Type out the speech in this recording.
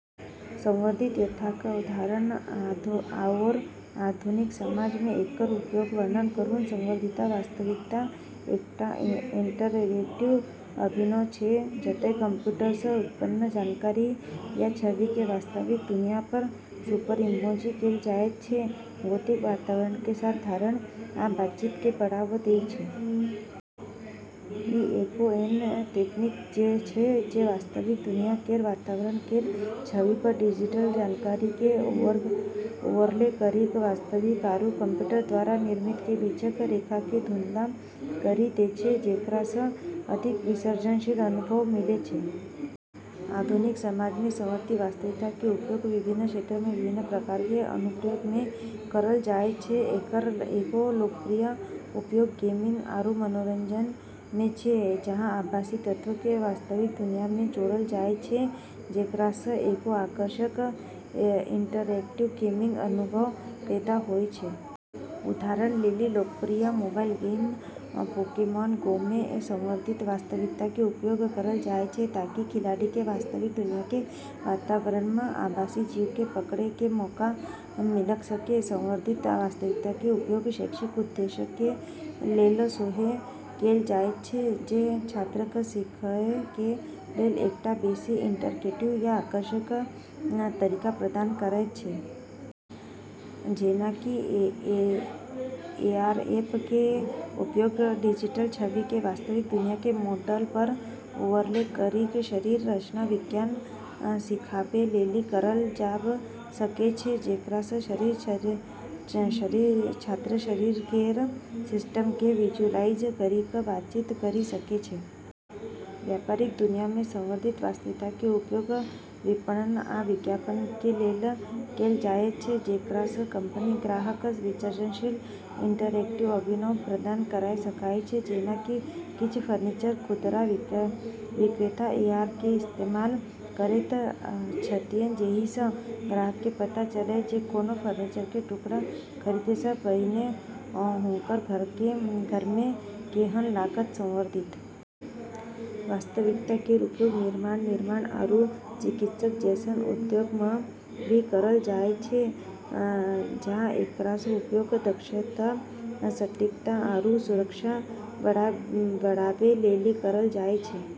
संवर्धित यथार्थक अवधारणा आऔर आधुनिक समाज मे एकर उपयोगक वर्णन करु: संवर्धित वास्तविकता एकटा इंटरैक्टिव अनुभव छै जतय कंप्यूटर सं उत्पन्न जानकारी या छवि के वास्तविक दुनिया पर सुपरइम्पोज कैल जायत छै, जे भौतिक वातावरण के साथ धारणा आ बातचीत के बढ़ावा दै छै। ई एगो ऐन्हऽ तकनीक छै जे वास्तविक दुनिया केरऽ वातावरण केरऽ छवि पर डिजिटल जानकारी के ओवरले करी कऽ वास्तविक आरू कंप्यूटर द्वारा निर्मित के बीचक रेखा के धुंधला करी दै छै, जेकरा सऽ अधिक विसर्जनशील अनुभव मिलै छै। आधुनिक समाज मे संवर्धित वास्तविकता के उपयोग विभिन्न क्षेत्रऽ मे विभिन्न प्रकार के अनुप्रयोगऽ मे करलऽ जाय छै। एकरऽ एगो लोकप्रिय उपयोग गेमिंग आरू मनोरंजन मे छै, जहाँ आभासी तत्व के वास्तविक दुनिया मे जोड़लऽ जाय छै, जेकरा सऽ एगो आकर्षक, इंटरैक्टिव गेमिंग अनुभव पैदा होय छै। उदाहरण लेली, लोकप्रिय मोबाइल गेम पोकेमॉन गो मे संवर्धित वास्तविकता के उपयोग करलऽ जाय छै ताकि खिलाड़ी के वास्तविक दुनिया के वातावरण मऽ आभासी जीव के पकड़ै के मौका मिल सकै। संवर्धित वास्तविकता के उपयोग शैक्षिक उद्देश्यक के लेल सेहो कैल जायत छै, जे छात्रक सीखय के लेल एकटा बेसि इंटरैक्टिव आ आकर्षक तरीका प्रदान करयत छै। जेना कि एआर ऐप के उपयोग डिजिटल छवि के वास्तविक दुनिया के मॉडल पर ओवरले करी कऽ शरीर रचना विज्ञान सिखाबै लेली करलऽ जाब सकै छै, जेकरा सऽ छात्र शरीर केरऽ सिस्टम के विजुअलाइज करी कऽ बातचीत करी सकै छै। व्यापारिक दुनिया मे संवर्धित वास्तविकता के उपयोग विपणन आ विज्ञापन के लेल कैल जायत छै, जेकरा सं कंपनी ग्राहकक विसर्जनशील, इंटरैक्टिव अनुभव प्रदान करय सकय छै। जेना कि किछ फर्नीचर खुदरा विक्रेता एआर के इस्तेमाल करैत छथिन्ह जेहि सं ग्राहक के पता चलय जे कोनो फर्नीचर के टुकड़ा खरीदय सऽ पहिने हुनकर घर मे केहन लागत ।संवर्धित वास्तविकता केरऽ उपयोग निर्माण, निर्माण, आरू चिकित्सा जैसनऽ उद्योगऽ मऽ भी करलऽ जाय छै, जहां एकरऽ उपयोग दक्षता, सटीकता, आरू सुरक्षा बढ़ाबै लेली करलऽ जाय छै।